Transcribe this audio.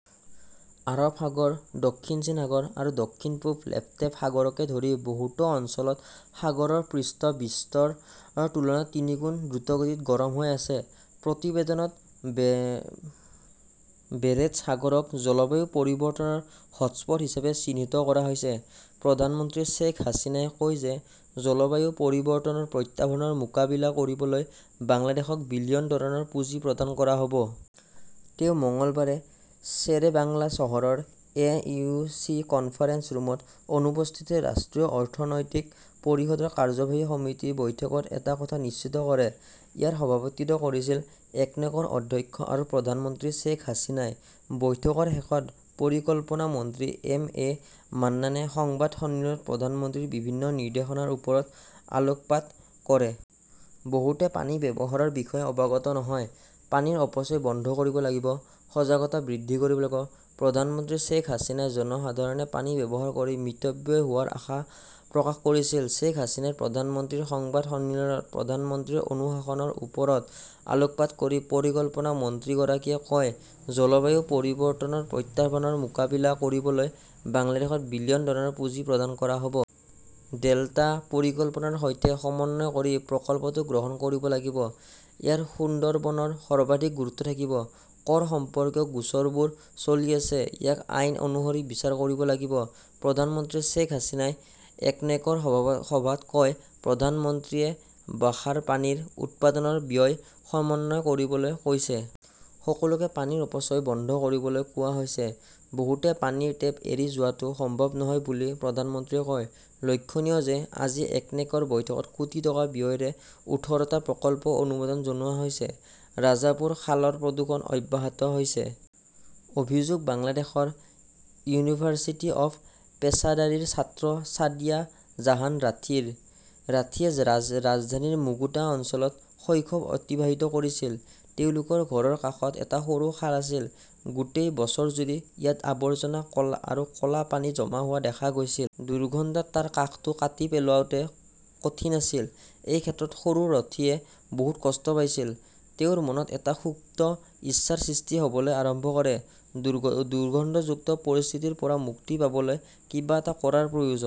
আৰৱ সাগৰ, দক্ষিণ চীন সাগৰ আৰু দক্ষিণ-পূব লেপ্টেভ সাগৰকে ধৰি বহুতো অঞ্চলত সাগৰৰ পৃষ্ঠ, বিশ্বৰ তুলনাত তিনিগুণ দ্ৰুতগতিত গৰম হৈ আছে। প্ৰতিবেদনত বেৰেণ্টছ সাগৰক 'জলবায়ু পৰিৱৰ্তনৰ হটস্পট হিচাপে চিহ্নিত কৰা হৈছে। প্ৰধানমন্ত্ৰী শ্বেইখ হাছিনাই কয় যে জলবায়ু পৰিৱৰ্তনৰ প্ৰত্যাহ্বানৰ মোকাবিলা কৰিবলৈ বাংলাদেশক বিলিয়ন ডলাৰৰ পুঁজি প্ৰদান কৰা হ'ব। তেওঁ মংগলবাৰে শ্বেৰেবাংলা চহৰৰ এন ই চি কনফাৰেন্স ৰুমত অনুপস্থিত ৰাষ্ট্ৰীয় অৰ্থনৈতিক পৰিষদৰ কাৰ্যবাহী সমিতিৰ বৈঠকত এই কথা নিশ্চিত কৰে। ইয়াৰ সভাপতিত্ব কৰিছিল একনেকৰ অধ্যক্ষ আৰু প্ৰধানমন্ত্ৰী শ্বেখ হাছিনাই। বৈঠকৰ শেষত পৰিকল্পনা মন্ত্ৰী এম এ মান্নানে সংবাদ সন্মিলনত প্ৰধানমন্ত্ৰীৰ বিভিন্ন নিৰ্দেশনাৰ ওপৰত আলোকপাত কৰে। বহুতে পানী ব্যৱহাৰৰ বিষয়ে অৱগত নহয়। পানীৰ অপচয় বন্ধ কৰিব লাগিব। সজাগতা বৃদ্ধি কৰিব লাগিব। প্ৰধানমন্ত্ৰী শ্বেখ হাছিনাই জনসাধাৰণে পানী ব্যৱহাৰ কৰি মিতব্যয়ী হোৱাৰ আশা প্ৰকাশ কৰিছিল। শ্বেখ হাছিনাই প্ৰধানমন্ত্ৰীৰ সংবাদ সন্মিলনত প্ৰধানমন্ত্ৰীৰ অনুশাসনৰ ওপৰত আলোকপাত কৰি পৰিকল্পনা মন্ত্ৰীগৰাকীয়ে কয়, জলবায়ু পৰিৱৰ্তনৰ প্ৰত্যাহ্বানৰ মোকাবিলা কৰিবলৈ বাংলাদেশক বিলিয়ন ডলাৰৰ পুঁজি প্ৰদান কৰা হ'ব। ডেল্টা পৰিকল্পনাৰ সৈতে সমন্বয় কৰি প্ৰকল্পটো গ্ৰহণ কৰিব লাগিব। ইয়াত সুন্দৰবনৰ সৰ্বাধিক গুৰুত্ব থাকিব। কৰ সম্পৰ্কীয় গোচৰবোৰ চলি আছে, ইয়াক আইন অনুসৰি বিচাৰ কৰিব লাগিব। প্ৰধানমন্ত্ৰী শ্বেইখ হাছিনাই একনেকৰ সভাত কয়," প্ৰধানমন্ত্ৰীয়ে ৱাসাৰ পানীৰ উৎপাদনৰ ব্যয়ৰ সমন্বয় কৰিবলৈ কৈছে। সকলোকে পানীৰ অপচয় বন্ধ কৰিবলৈ কোৱা হৈছে। বহুতে পানীৰ টেপ এৰি যোৱাটো সম্ভৱ নহয় বুলি প্ৰধানমন্ত্ৰীয়ে কয়। লক্ষ্যণীয় যে, আজি একনেকৰ বৈঠকত কোটি টকা ব্যয়েৰে উঠৰটা প্ৰকল্পক অনুমোদন জনোৱা হৈছে। ৰাজাপুৰ খালৰ প্ৰদূষণ অব্যাহত আছে। অভিযোগ বাংলাদেশৰ ইউনিভাৰ্চিটি অৱ পেচাদাৰীৰ ছাত্ৰ ছাদিয়া জাহান ৰাথীৰ। ৰাথীয়ে ৰাজধানীৰ মুগদা অঞ্চলত শৈশৱ অতিবাহিত কৰিছিল। তেওঁলোকৰ ঘৰৰ কাষত এটা সৰু খাল আছিল। গোটেই বছৰজুৰি ইয়াত আৱৰ্জনা আৰু ক'লা পানী জমা হোৱা দেখা গৈছিল। দুৰ্গন্ধত তাৰ কাষটো কাটি পেলোৱাটো কঠিন আছিল। এই ক্ষেত্ৰত সৰু ৰথীয়ে বহুত কষ্ট পাইছিল। তেওঁৰ মনত এটা সুপ্ত ইচ্ছাৰ সৃষ্টি হ'বলৈ আৰম্ভ কৰে, দুৰ্গন্ধযুক্ত পৰিস্থিতিৰ পৰা মুক্তি পাবলৈ কিবা এটা কৰাৰ প্ৰয়োজন।